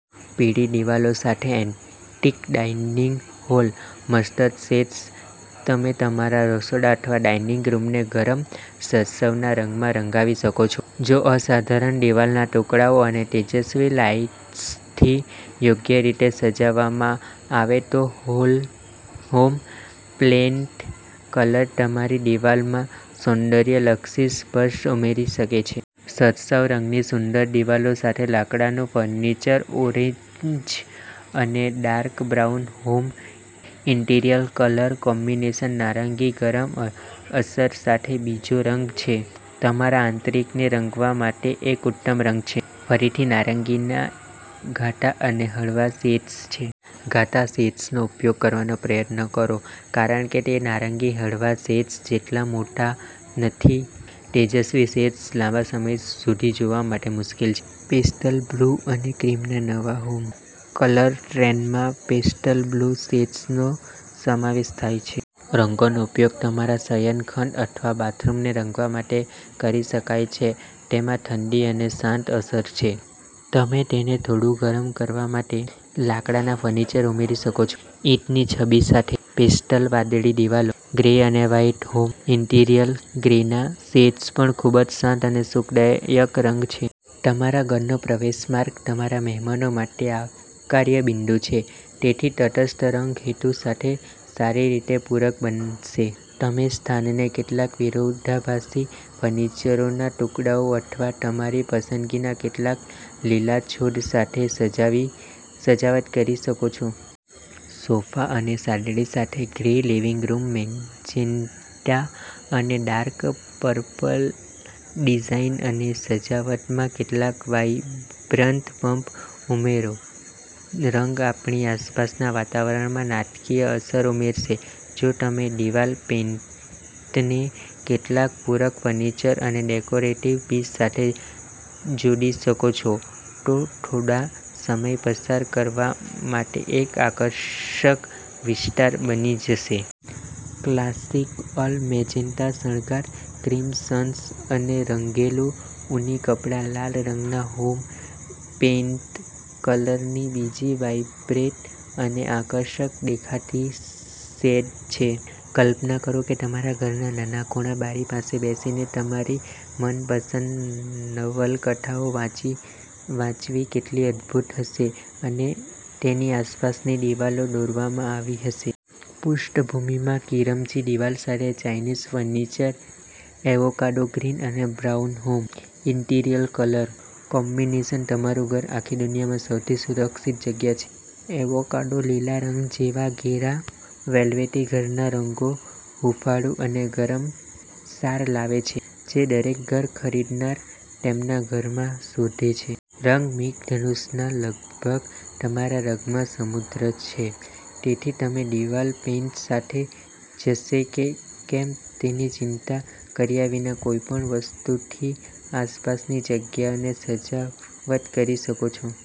પીળી દિવાલો સાથે antique dining hall. Mustard shades તમે તમારા રસોડા અથવા ડાઇનિંગ રૂમને ગરમ સરસવના રંગમાં રંગાવી શકો છો. જો અસાધારણ દિવાલના ટુકડાઓ અને તેજસ્વી લાઇટ્સથી યોગ્ય રીતે સજાવવામાં આવે તો હોમ પેઇન્ટ કલર તમારી દિવાલોમાં સૌંદર્યલક્ષી સ્પર્શ ઉમેરી શકે છે. સરસવ રંગની સુંદર દિવાલો સાથે લાકડાનું ફર્નિચર ઓરેન્જ અને dark brown home interior colour combination નારંગી ગરમ અસર સાથેનો બીજો રંગ છે. તમારા આંતરિકને રંગવા માટે એક ઉત્તમ રંગ છે. ફરીથી, નારંગીના ઘાટા અને હળવા શેડ્સ છે. ઘાટા શેડ્સનો ઉપયોગ કરવાનો પ્રયાસ કરો કારણ કે તે નારંગીના હળવા શેડ્સ જેટલા મોટા નથી. તેજસ્વી શેડ્સ લાંબા સમય સુધી જોવા માટે મુશ્કેલ છે. પેસ્ટલ બ્લુ અને ક્રીમના નવા હોમ કલર ટ્રેન્ડમાં પેસ્ટલ બ્લુ શેડ્સનો સમાવેશ થાય છે. રંગોનો ઉપયોગ તમારા શયનખંડ અથવા બાથરૂમને રંગવા માટે કરી શકાય છે. તેમાં ઠંડી અને શાંત અસર છે. તમે તેને થોડું ગરમ કરવા માટે લાકડાના ફર્નિચર ઉમેરી શકો છો. ઈંટની છબી સાથે પેસ્ટલ વાદળી દિવાલો, ગ્રે અને વ્હાઇટ હોમ ઇન્ટિરિયર, ગ્રેના શેડ્સ પણ ખૂબ શાંત અને સુખદાયક રંગો છે. તમારા ઘરનો પ્રવેશ માર્ગ તમારા મહેમાનો માટે આવકાર્ય બિંદુ છે. તેથી, તટસ્થ રંગ હેતુ સાથે સારી રીતે પૂરક બનશે. તમે સ્થાનને કેટલાક વિરોધાભાસી ફર્નિચરના ટુકડાઓ અથવા તમારી પસંદગીના કેટલાક લીલા છોડ સાથે સજાવટ કરી શકો છો. સોફા અને સાદડી સાથે ગ્રે, લિવિંગ રૂમ મેજેન્ટા અને ડાર્ક પર્પલ ડિઝાઇન અને સજાવટમાં કેટલાક વાઇબ્રન્ટ પંચ ઉમેરો. રંગ આપણી આસપાસના વાતાવરણમાં નાટકીય અસર ઉમેરશે. જો તમે દિવાલ પેઇન્ટને કેટલાક પૂરક ફર્નિચર અને ડેકોરેટિવ પીસ સાથે જોડી શકો છો, તો તે થોડો સમય પસાર કરવા માટે એક આકર્ષક વિસ્તાર બની જશે. ક્લાસિક ઓલ-મેજેન્ટા શણગાર, ક્રિમસન અને રંગેલું ઊની કાપડ, લાલ રંગના હોમ પેઈન્ટ કલરની બીજી વાઈબ્રન્ટ અને આકર્ષક દેખાતી શેડ છે. કલ્પના કરો કે તમારા ઘરના નાના ખૂણે બારી પાસે બેસીને તમારી મનપસંદ નવલકથાઓ વાંચવી કેટલી અદ્ભુત હશે અને તેની આસપાસની દીવાલો દોરવામાં આવી હશે. પૃષ્ઠભૂમિમાં કિરમજી દિવાલ સાથે ચાઇનીઝ ફર્નિચર એવોકાડો ગ્રીન અને brown home interior colour combination તમારું ઘર આખી દુનિયામાં સૌથી સુરક્ષિત જગ્યા છે. એવોકાડો લીલા રંગ જેવા ઘેરા વેલ્વેટી ઘરના રંગો હૂંફાળું અને ગરમ સાર લાવે છે જે દરેક ઘર ખરીદનાર તેમના ઘરોમાં શોધે છે. રંગ મેઘધનુષ્યના લગભગ તમામ રંગોમાં સમૃદ્ધ છે. તેથી, તમે દિવાલ પેઇન્ટ સાથે જશે કે કેમ તેની ચિંતા કર્યા વિના કોઈપણ વસ્તુથી આસપાસની જગ્યાને સજાવટ કરી શકો છો.